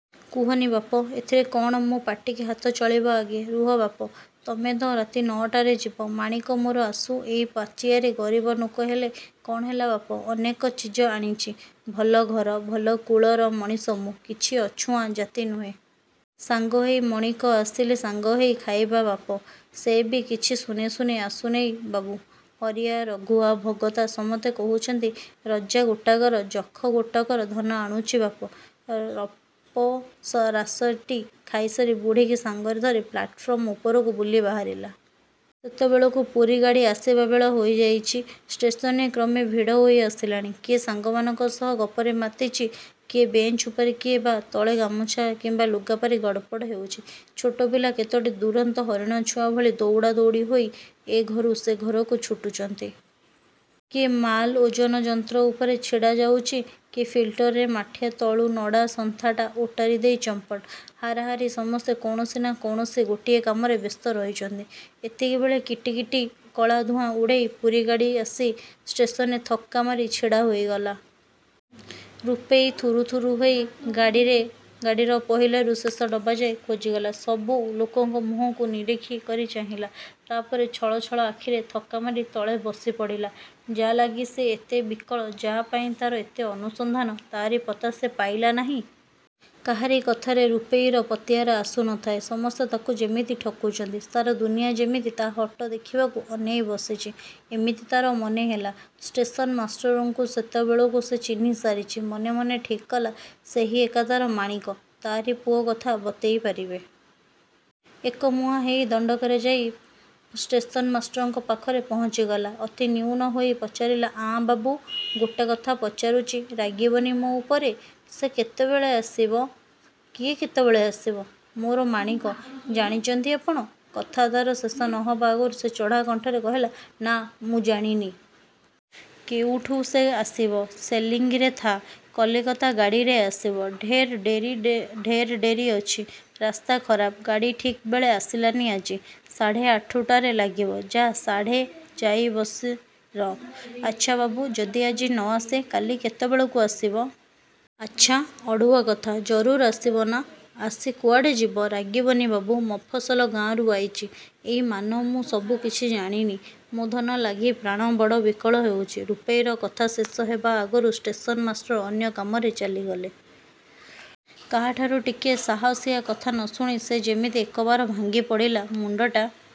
କୁହନି ବାପ, ଏଥିରେ କଣ ମୋ ପାଟିକି ହାତ ଚଳିବ ଆଗେ। ରୁହ ବାପ, ତମେ ତ ରାତି ନ'ଟାରେ ଯିବ। ମାଣିକ ମୋର ଆସୁ, ଏଇ ପାଚିଆରେ, ଗରିବ ନୋକ ହେଲେ କଣ ହେଲା ବାପ, ଅନେକ ଚିଜ ଆଣିଚି। ଭଲ ଘର, ଭଲ କୂଳର ମଣିଷ ମୁଁ, କିଛି ଅଛୁଆଁ ଜାତି ନୁହେଁ। ସାଙ୍ଗ ହେଇ, ମଣିକ ଆସିଲେ ସାଙ୍ଗ ହେଇ ଖାଇବା ବାପ। ସେ ବି କିଛି ଶୂନେ ଶୂନେ ଆସୁନେଇ ବାବୁ, ହରିଆ, ରଘୁଆ, ଭଗତା ସମତେ କହୁଚନ୍ତି–ରଜା ଗୋଟାକର, ଯଖ ଗୋଟାକର ଧନ ଆଣୁଚି ବାପ। ରପରାସିଟି ଖାଇସାରି ବୁଢ଼ୀକି ସାଙ୍ଗରେ ଧରି ପ୍ଲାଟଫର୍ମ ଉପରକୁ ବୁଲି ବାହାରିଲା। ସେତେବେଳକୁ ପୁରୀ ଗାଡ଼ି ଆସିବା ବେଳ ହେଇଯାଇଚି। ଷ୍ଟେସନରେ କ୍ରମେ ଭିଡ଼ ହେଇଆସିଲାଣି। କିଏ ସାଙ୍ଗମାନଙ୍କ ସହ ଗପରେ ମାତିଚି। କିଏ ବେଞ୍ଚ ଉପରେ କିଏ ବା ତଳେ ଗାମୁଛା କିମ୍ବା ଲୁଗାପାରି ଗଡ଼ପଡ଼ ହେଉଚି। ଛୋଟପିଲା କେତୋଟି ଦୁରନ୍ତ ହରିଣ ଛୁଆ ଭଳି ଦୌଡ଼ା ଦୌଡ଼ି ହେଇ ଏ ଘରୁ ସେ ଘରକୁ ଛୁଟୁଚନ୍ତି। କିଏ ମାଲ ଓଜନ ଯନ୍ତ୍ର ଉପରେ ଚଢ଼ି ଯାଉଚି-। କିଏ ଫିଲ୍ଟରର ମାଠିଆ ତଳୁ ନଡ଼ା ସନ୍ଥାଟା ଓଟାରି ଦେଇ ଚମ୍ପଟ। ହାରାହାରି ସମସ୍ତେ କୌଣସି ନା କୌଣସି ଗୋଟିଏ କାମରେ ବ୍ୟସ୍ତ ରହିଚନ୍ତି। ଏତିକିବେଳେ କିଟିକିଟି କଳା ଧୂଆଁ ଉଡ଼େଇ ପୁରୀ ଗାଡ଼ି ଆସି ଷ୍ଟେସନରେ ଥକ୍କା ମାରି ଛିଡ଼ା ହେଇଗଲା। ରୂପେଇ ଥୁରୁଥୁରୁ ହେଇ ଗାଡ଼ିର ପହିଲିରୁ ଶେଷ ଡବାଯାଏ ଖୋଜିଗଲା। ସବୁ ଲୋକଙ୍କ ମୁହଁକୁ ନିରୀଖି। କରି ଚାହିଁଲା। ତା'ପରେ ଛଳଛଳ ଆଖିରେ ଥକା ମାରି ତଳେ ବସିପଡ଼ିଲା। ଯା'ଲାଗି ସିଏ ଏତେ ବିକଳ, ଯା'ପାଇଁ ତାର ଏତେ ଅନୁସନ୍ଧାନ, ତାରି ପତା ସେ ପାଇଲା ନାହିଁ। କାହାରି କଥାରେ ରୂପେଇର ପତିଆରା ଆସୁ ନ ଥାଏ। ସମସ୍ତେ ତାକୁ ଯେମିତି ଠକୁଚନ୍ତି। ସାରା ଦୁନିଆ ଯେମିତି ତା' ହଟ ଦେଖିବାକୁ ଅନେଇ ବସିଚି, ଏମିତି ତାର ମନେ ହେଲା-। ଷ୍ଟେସନମାଷ୍ଟରଙ୍କୁ ସେତେବେଳକୁ ସେ ଚିହ୍ନି ସାରିଚି, ମନେମନେ ଠିକ୍ କଲା ସେହି ଏକା ତାର ମାଣିକ, ତାରି ପୁଅ କଥା ବତେଇ ପାରିବେ। ଏକମୁହାଁ ହେଇ ଦଣ୍ଡକରେ ଯାଇଁ ଷ୍ଟେସନମାଷ୍ଟରଙ୍କ ପାଖରେ ପହଞ୍ଚିଗଲା। ଅତି ନିଉନ ହେଇ ପଚାରିଲା–"ଆଁ–ବାବୁ, ଗୋଟା କଥା ପଚାରୁଚି, ରାଗିବନି ମୋ ଉପରେ, ସେ କେତେବେଳେ ଆସିବ? –କିଏ କେତେବେଳେ ଆସିବ? –ମୋର ମାଣିକ, ଜାଣିଚ'ନ୍ତି ଆପଣ... କଥା ତା'ର ଶେଷ ନ ହେବା ଆଗରୁ ସେ ଚଢ଼ା କଣ୍ଠରେ କହିଲେ–ନା, ମୁଁ ଜାଣିନି। କେଉଠୁ ସେ ଆସିବ? –ଶେଲିଙ୍ଗିରେ ଥା', କଲିକତା ଗାଡ଼ିରେ ଆସିବ। –ଢେର ଡେରି, ଢେର ଡେରି ଅଛି। ରାସ୍ତା ଖରାପ, ଗାଡ଼ି ଠିକ୍ବେଳେ ଆସିଲାନି ଆଜି, ସାଢ଼େ ଆଠୁଟାରେ ଲାଗିବ। ଯା, ସାଢ଼େ ଯାଇଁ ବସି ର'। –ଆଚ୍ଛା ବାବୁ, ଯଦି ଆଜି ନ ଆସେ, କାଲି କେତେବେଳକୁ ଆସିବ? –ଆଚ୍ଛା ଅଡ଼ୁଆ କଥା। ଜରୁର୍ ଆସିବ, ନ ଆସି କୁଆଡ଼େ ଯିବ। –ରାଗିବନି ବାବୁ, ମଫସଲ ଗାଁରୁ ଆଇଚି, ଏ ମାନ ମୁଁ ସବୁ କିଛି ଜାଣିନି। ମୋ ଧନ ଲାଗି ପ୍ରାଣ ବଡ଼ ବିକଳ ହଉଚି। ରୂପେଇର କଥା ଶେଷ ହେବା ଆଗରୁ ଷ୍ଟେସନମାଷ୍ଟର ଅନ୍ୟ କାମରେ ଚାଲିଗଲେ। କାହାଠାରୁ ଟିକେ ସାହସିଆ କଥା ନ ଶୁଣି ସେ ଯେମିତି ଏକବାର ଭାଙ୍ଗି ପଡ଼ିଲା। ମୁଣ୍ଡଟା